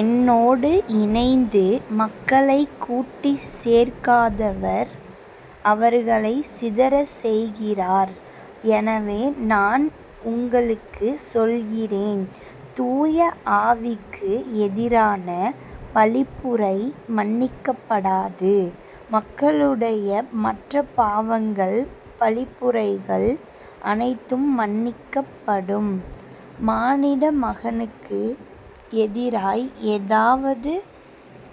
என்னோடு இணைந்து மக்களைக் கூட்டிச் சேர்க்காதவர் அவர்களைச் சிதறச் செய்கிறார். எனவே நான் உங்களுக்குச் சொல்கிறேன் தூய ஆவிக்கு எதிரான பழிப்புரை மன்னிக்கப்படாது. மக்களுடைய மற்றப் பாவங்கள் பழிப்புரைகள் அனைத்தும் மன்னிக்கப்படும். மானிட மகனுக்கு எதிராய் ஏதாவது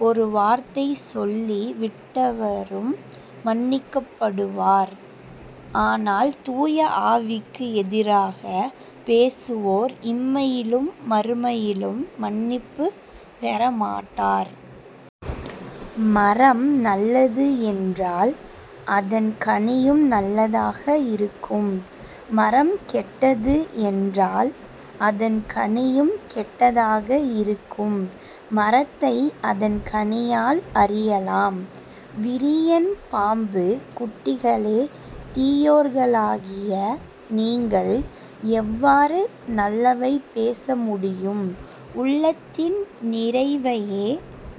ஒரு வார்த்தை சொல்லி விட்டவரும் மன்னிக்கப்படுவார். ஆனால் தூய ஆவிக்கு எதிராகப் பேசுவோர் இம்மையிலும் மறுமையிலும் மன்னிப்புப் பெற மாட்டார். மரம் நல்லது என்றால் அதன் கனியும் நல்லதாக இருக்கும். மரம் கெட்டது என்றால் அதன் கனியும் கெட்டதாக இருக்கும். மரத்தை அதன் கனியால் அறியலாம். விரியன் பாம்புக் குட்டிகளே தீயோர்களாகிய நீங்கள் எவ்வாறு நல்லவை பேச முடியும்? உள்ளத்தின் நிறைவையே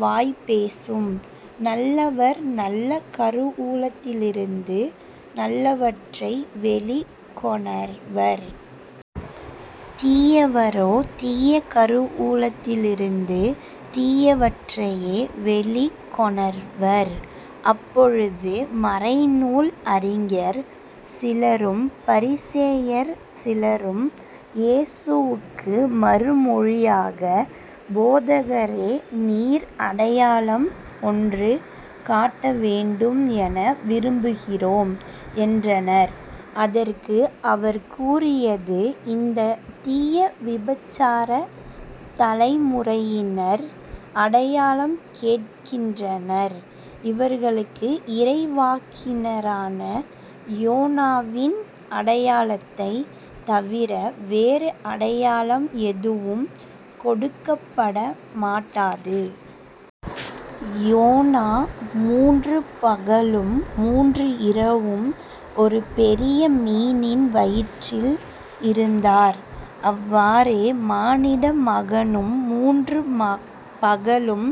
வாய் பேசும். நல்லவர் நல்ல கருவூலத்திலிருந்து நல்லவற்றை வெளிக் கொணர்வர். தீயவரோ தீய கருவூலத்திலிருந்து தீயவற்றையே வெளிக்கொணர்வர். அப்பொழுது மறைநூல் அறிஞர் சிலரும் பரிசேயர் சிலரும் இயேசுவுக்கு மறுமொழியாக போதகரே நீர் அடையாளம் ஒன்று காட்ட வேண்டும் என விரும்புகிறோம் என்றனர். அதற்கு அவர் கூறியது இந்தத் தீய விபசாரத் தலைமுறையினர் அடையாளம் கேட்கின்றனர். இவர்களுக்கு இறைவாக்கினரான யோனாவின் அடையாளத்தைத் தவிர வேறு அடையாளம் எதுவும் கொடுக்கப்பட மாட்டாது. யோனா மூன்று பகலும் மூன்று இரவும் ஒரு பெரிய மீனின் வயிற்றில் இருந்தார். அவ்வாறே மானிட மகனும் மூன்று பகலும்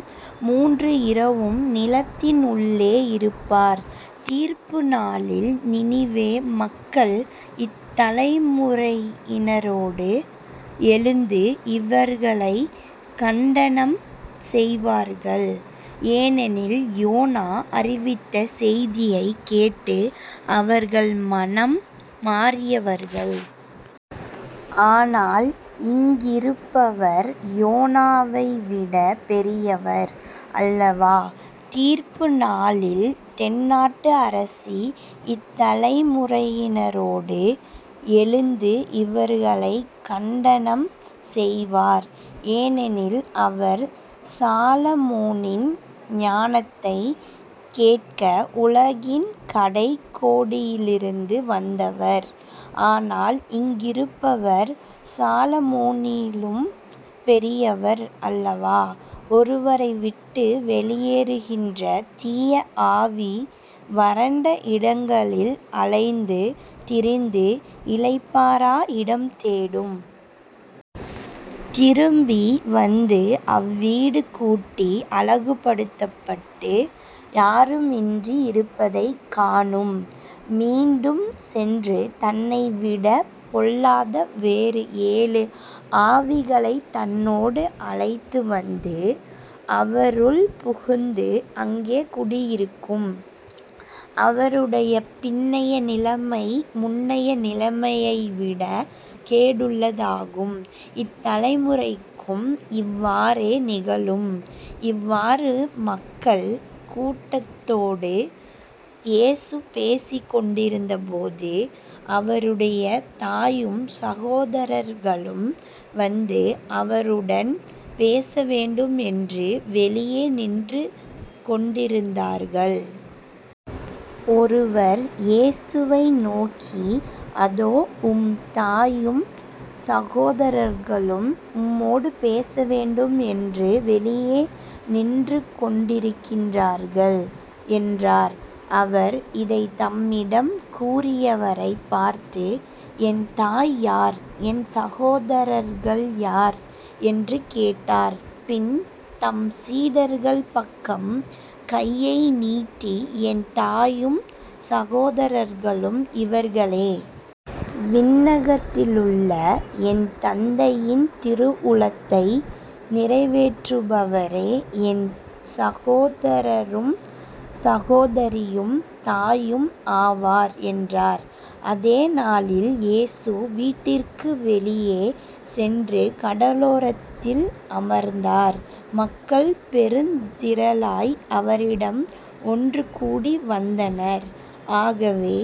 மூன்று இரவும் நிலத்தின் உள்ளே இருப்பார். தீர்ப்பு நாளில் நினிவே மக்கள் இத்தலைமுறையினரோடு எழுந்து இவர்களைக் கண்டனம் செய்வார்கள். ஏனெனில் யோனா அறிவித்த செய்தியைக் கேட்டு அவர்கள் மனம் மாறியவர்கள். ஆனால் இங்கிருப்பவர் யோனாவைவிடப் பெரியவர் அல்லவா. தீர்ப்பு நாளில் தென்னாட்டு அரசி இத்தலைமுறையினரோடு எழுந்து இவர்களைக் கண்டனம் செய்வார். ஏனெனில் அவர் சாலமோனின் ஞானத்தைக் கேட்க உலகின் கடைக் கோடியிலிருந்து வந்தவர். ஆனால் இங்கிருப்பவர் சாலமோனிலும் பெரியவர் அல்லவா. ஒருவரைவிட்டு வெளியேறுகின்ற தீய ஆவி வறண்ட இடங்களில் அலைந்து திரிந்து இளைப்பாற இடம் தேடும். திரும்பி வந்து அவ்வீடு கூட்டி அழகுபடுத்தப்பட்டு யாருமின்றி இருப்பதைக் காணும். மீண்டும் சென்று தன்னைவிடப் பொல்லாத வேறு ஏழு ஆவிகளைத் தன்னோடு அழைத்து வந்து அவருள் புகுந்து அங்கே குடியிருக்கும். அவருடைய பின்னைய நிலைமை முன்னைய நிலைமையைவிடக் கேடுள்ளதாகும். இத்தலைமுறைக்கும் இவ்வாறே நிகழும். இவ்வாறு மக்கள் கூட்டத்தோடு இயேசு பேசிக் கொண்டிருந்த போது அவருடைய தாயும் சகோதரர்களும் வந்து அவருடன் பேச வேண்டும் என்று வெளியே நின்று கொண்டிருந்தார்கள். ஒருவர் இயேசுவை நோக்கி அதோ உம்தாயும் சகோதரர்களும் உம்மோடு பேச வேண்டும் என்று வெளியே நின்று கொண்டிருக்கின்றார்கள் என்றார். அவர், இதைத் தம்மிடம் கூறியவரைப் பார்த்து என் தாய் யார்? என் சகோதரர்கள் யார்? என்று கேட்டார். பின் தம் சீடர் பக்கம் கையை நீட்டி என் தாயும் சகோதரர்களும் இவர்களே. விண்ணகத்திலுள்ள என் தந்தையின் திருவுளத்தை நிறைவேற்றுபவரே என் சகோதரரும் சகோதரியும் தாயும் ஆவார் என்றார். அதே நாளில் இயேசு வீட்டிற்கு வெளியே சென்று கடலோரத்தில் அமர்ந்தார். மக்கள் பெருந்திரளாய் அவரிடம் ஒன்றுகூடி வந்தனர். ஆகவே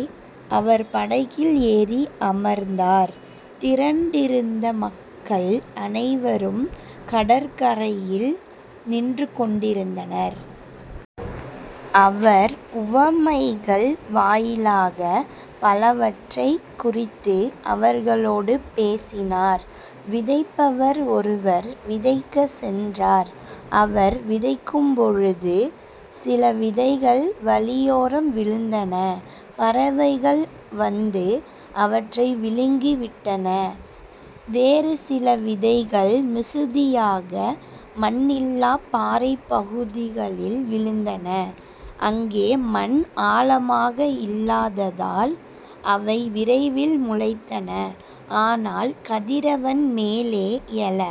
அவர் படகில் ஏறி அமர்ந்தார். திரண்டிருந்த மக்கள் அனைவரும் கடற்கரையில் நின்றுகொண்டிருந்தனர். அவர் உவமைகள் வாயிலாகப் பலவற்றைக் குறித்து அவர்களோடு பேசினார் விதைப்பவர் ஒருவர் விதைக்கச் சென்றார். அவர் விதைக்கும்பொழுது சில விதைகள் வழியோரம் விழுந்தன. பறவைகள் வந்து அவற்றை விழுங்கி விட்டன. வேறு சில விதைகள் மிகுதியாக மண் இல்லாப் பாறைப் பகுதிகளில் விழுந்தன. அங்கே மண் ஆழமாக இல்லாததால் அவை விரைவில் முளைத்தன ஆனால் கதிரவன் மேலே எழ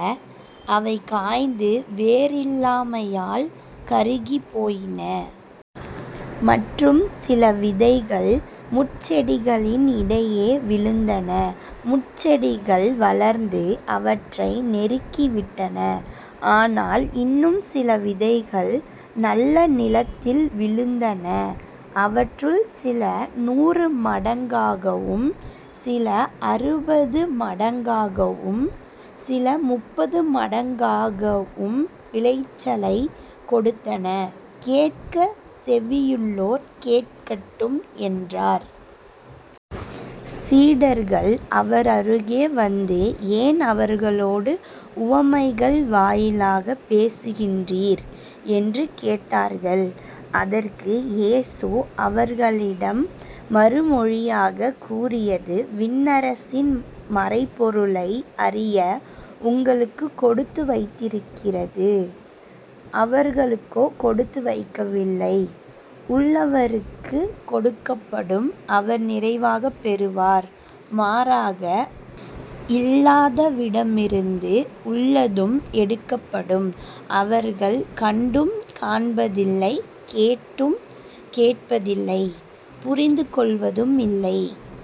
அவை காய்ந்து வேரில்லாமையால் கருகிப் போயின. மற்றும் சில விதைகள் முட்செடிகளின் இடையே விழுந்தன. முட்செடிகள் வளர்ந்து அவற்றை நெருக்கிவிட்டன. ஆனால் இன்னும் சில விதைகள் நல்ல நிலத்தில் விழுந்தன. அவற்றுள் சில நூறு மடங்காகவும் சில அறுபது மடங்காகவும் சில முப்பது மடங்காகவும் விளைச்சலைக் கொடுத்தன. கேட்கச் செவியுள்ளோர் கேட்கட்டும் என்றார். சீடர்கள் அவரருகே வந்து ஏன் அவர்களோடு உவமைகள் வாயிலாகப் பேசுகின்றீர்? என்று கேட்டார்கள். அதற்கு இயேசு அவர்களிடம் மறுமொழியாகக் கூறியது விண்ணரசின் மறைபொருளை அறிய உங்களுக்குக் கொடுத்து வைத்திருக்கிறது அவர்களுக்கோ கொடுத்து வைக்கவில்லை. உள்ளவருக்குக் கொடுக்கப்படும் அவர் நிறைவாகப் பெறுவார். மாறாக இல்லாதவிடமிருந்து உள்ளதும் எடுக்கப்படும். அவர்கள் கண்டும் காண்பதில்லை கேட்டும் கேட்பதில்லை புரிந்து கொள்வதுமில்லை.